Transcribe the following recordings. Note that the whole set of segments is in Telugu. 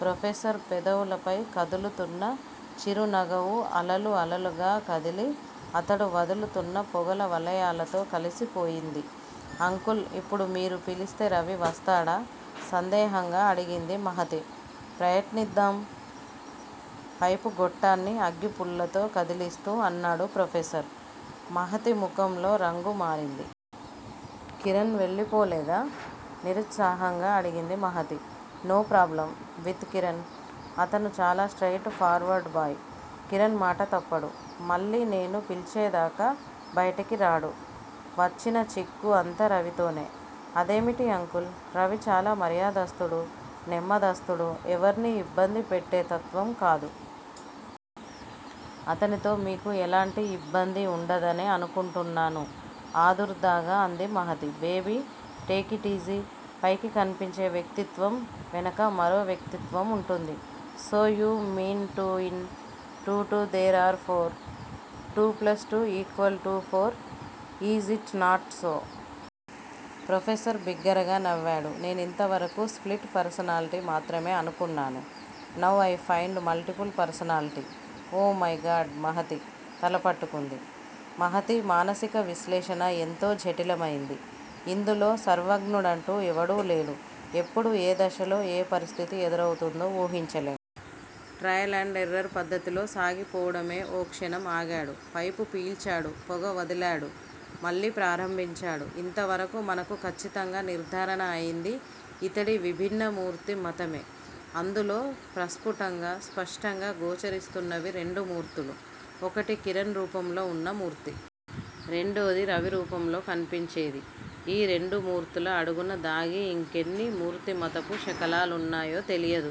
ప్రొఫెసర్ పెదవుల పై కదులుతున్న చిరునగవు అలలు అలలుగా కదిలి, అతడు వదులుతున్న పొగల వలయాలతో కలిసిపోయింది. అంకుల్! ఇప్పుడు మీరు పిలిస్తే రవి వస్తాడా? సందేహంగా అడిగింది మహతి. ప్రయత్నిద్దాం! పైపు గొట్టాన్ని అగ్గిపుల్లతో కదిలిస్తూ అన్నాడు ప్రొఫెసర్. మహతి ముఖంలో రంగు మారింది. కిరణ్ వెళ్ళిపోలేదా? నిరిత్సాహంగా అడిగింది Mahati. No problem with Kiran! అతను చాలా straightforward boy! Kiran మాట తప్పడు. మళ్ళీ నేను పిల్చేదాకా బయటికిరాడు. వచ్చిన చిక్కు అంతా రవితోనే! అదేమిటి అంకుల్! రవి చాలా మర్యాదస్తుడు. నెమ్మదస్తుడు. ఎవర్నీ ఇబ్బంది పెట్టేతత్వం కాదు. అతనితో మీకు ఎలాంటి ఇబ్బందీ ఉండదనే అనుకుంటున్నాను ఆదుర్దాగా అంది మహతి. Baby take it easy! పైకి కన్పించే వ్యక్తిత్వం వెనక మరోవ్యక్తిత్వం ఉంటుంది. So you mean two in to two there are four. Two plus two equal to four. Is it not so. Professor బిగ్గరగా నవ్వాడు. నేనింతవరకూ స్పిల్ ట్ పర్సనాలిటీ మాత్రమే అనుకున్నాను. Now I find multiple personality. Oh my god Mahati తల పట్టుకొంది. మహతీ! మానసిక విశ్లేషణ ఎంతో జటిలమైంది. ఇందులో సర్వజ్ఞుడంటూ ఎవడూ లేడు. ఎప్పుడు ఏ దశలో, ఏ పరిస్థితి ఎదురవుతుందో ఊహించలేం. ట్రయల్ అండ్ ఎర్రర్ పద్దతిలో సాగిపోవడమే ఓ క్షణం ఆగాడు. పైపు పీల్చాడు. పొగ వదిలాడు. మళ్ళీ ప్రారంభించాడు. ఇంతవరకు మనకు ఖచ్చితంగా నిర్ధారణ అయింది ఇతడి విభిన్నమూర్తి మతమే. అందులో ప్రస్ఫుటంగా, స్పష్టంగా గోచరిస్తున్నవి రెండు మూర్తులు. ఒకటి కిరణ్ రూపంలో వున్న మూర్తి. రెండోది రవి రూపంలో కన్పించేది. ఈ రెండుమూర్తుల అడుగున దాగి ఇంకెన్ని మూర్తిమతపు శకలాలున్నాయో తెలియదు.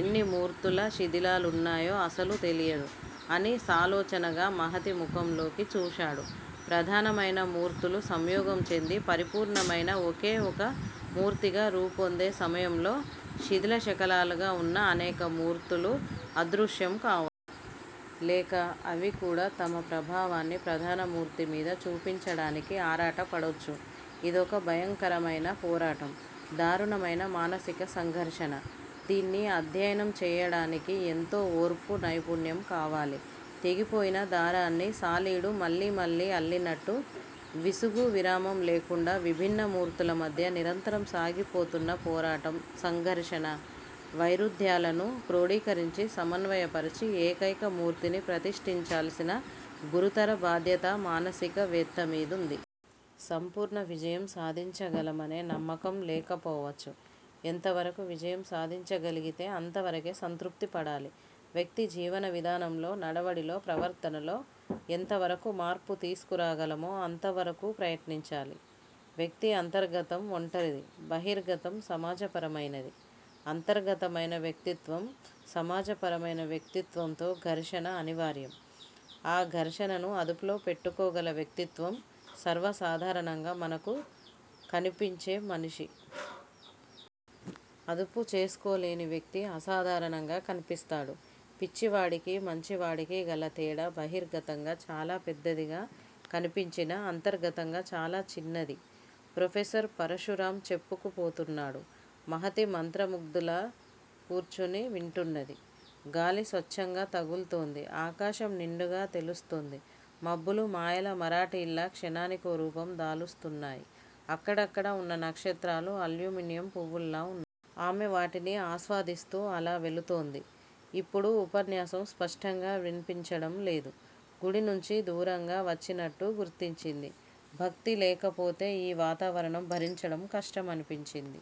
ఎన్నిమూర్తుల శిధిలాలున్నాయో అసలు తెలియదు అని సాలోచనగా మహతి ముఖంలోకి చూశాడు. ప్రధానమయిన మూర్తులు సంయోగంచెంది పరిపూర్ణ మయిన ఒకే ఒక మూర్తిగా రూపొందే సమయంలో, శిధిలశకలాలుగా వున్న అనేక మూర్తులు అదృశ్యం కావచ్చు. లేక అవి కూడా తమ ప్రభావాన్ని ప్రధానమూర్తి మీద చూపించడానికి ఆరాటపడొచ్చు. ఇదొక భయంకరమయిన పోరాటం. దారుణమైన మానసిక సంఘర్షణ. దీన్ని అధ్యయనం చెయ్యడానికి ఎంతో ఓర్పూ నైపుణ్యం కావాలి. తెగిపోయిన దారాన్ని సాలీడు మళ్ళీమళ్ళీ అల్లినట్టు విసుగూ విరామం లేకుండా విభిన్న మూర్తులమధ్య నిరంతరం సాగిపోతున్న పోరాటం, సంఘర్షణ వైరుధ్యాలను క్రోడీకరించి, సమన్వయపరచి, ఏకైక మూర్తిని ప్రతిష్టించాల్సిన గురుతర బాధ్యతమానసిక వేత్తమీదుంది. సంపూర్ణ విజయం సాధించగలమనే నమ్మకం లేకపోవచ్చు. ఎంతవరకు విజయం సాధించగలిగితే అంతవరకే సంతృప్తి పడాలి. వ్యక్తి జీవనవిధానంలో, నడవడిలో, ప్రవర్తనలో ఎంతవరకు మార్పు తీసుకురాగలమో అంతవరకూ ప్రయత్నించాలి. వ్యక్తి అంతర్గతం ఒంటరిది. బహిర్గతం సమాజపరమయినది. అంతర్గత మయిన వ్యక్తిత్వం, సమాజపరమైన వ్యక్తిత్వంతో ఘర్షణ అనివార్యం. ఆ ఘర్షణను అదుపులో పెట్టుకోగల వ్యక్తిత్వం సర్వసాధారణంగా మనకు కనిపించేమనిషి. అదుపు చేసుకోలేనివ్యక్తి అసాధారణంగా కనిపిస్తాడు. పిచ్చివాడికీ, మంచివాడికీ గలతేడా బహిర్గతంగా చాలా పెద్దదిగా కనిపించినా, అంతర్గతంగా చాలాచిన్నది ప్రొఫెసర్ పరశురాం చెప్పుకుపోతున్నాడు. మహతి మంత్రముగ్ధలా కూర్చుని వింటున్నది.। గాలి స్వచ్ఛంగా తగుల్తోంది. ఆకాశం నిండుగా తెలుస్తుంది. మబ్బులు మాయల మరాఠీల్లా క్షణానికో రూపం దాలుస్తున్నాయ్. అక్కడక్కడా వున్న నక్షత్రాలు అల్యూమినియం పువ్వుల్లా వున్నాయి. ఆమె వాటిని ఆస్వాదిస్తూ అలా వెళుతోంది. ఇప్పుడు ఉపన్యాసం స్పష్టంగా విన్పించడంలేదు. గుడినుంచి దూరంగా వచ్చినట్టు గుర్తించింది. భక్తి లేకపోతే ఈ వాతావరణం భరించడం కష్టమనిపించింది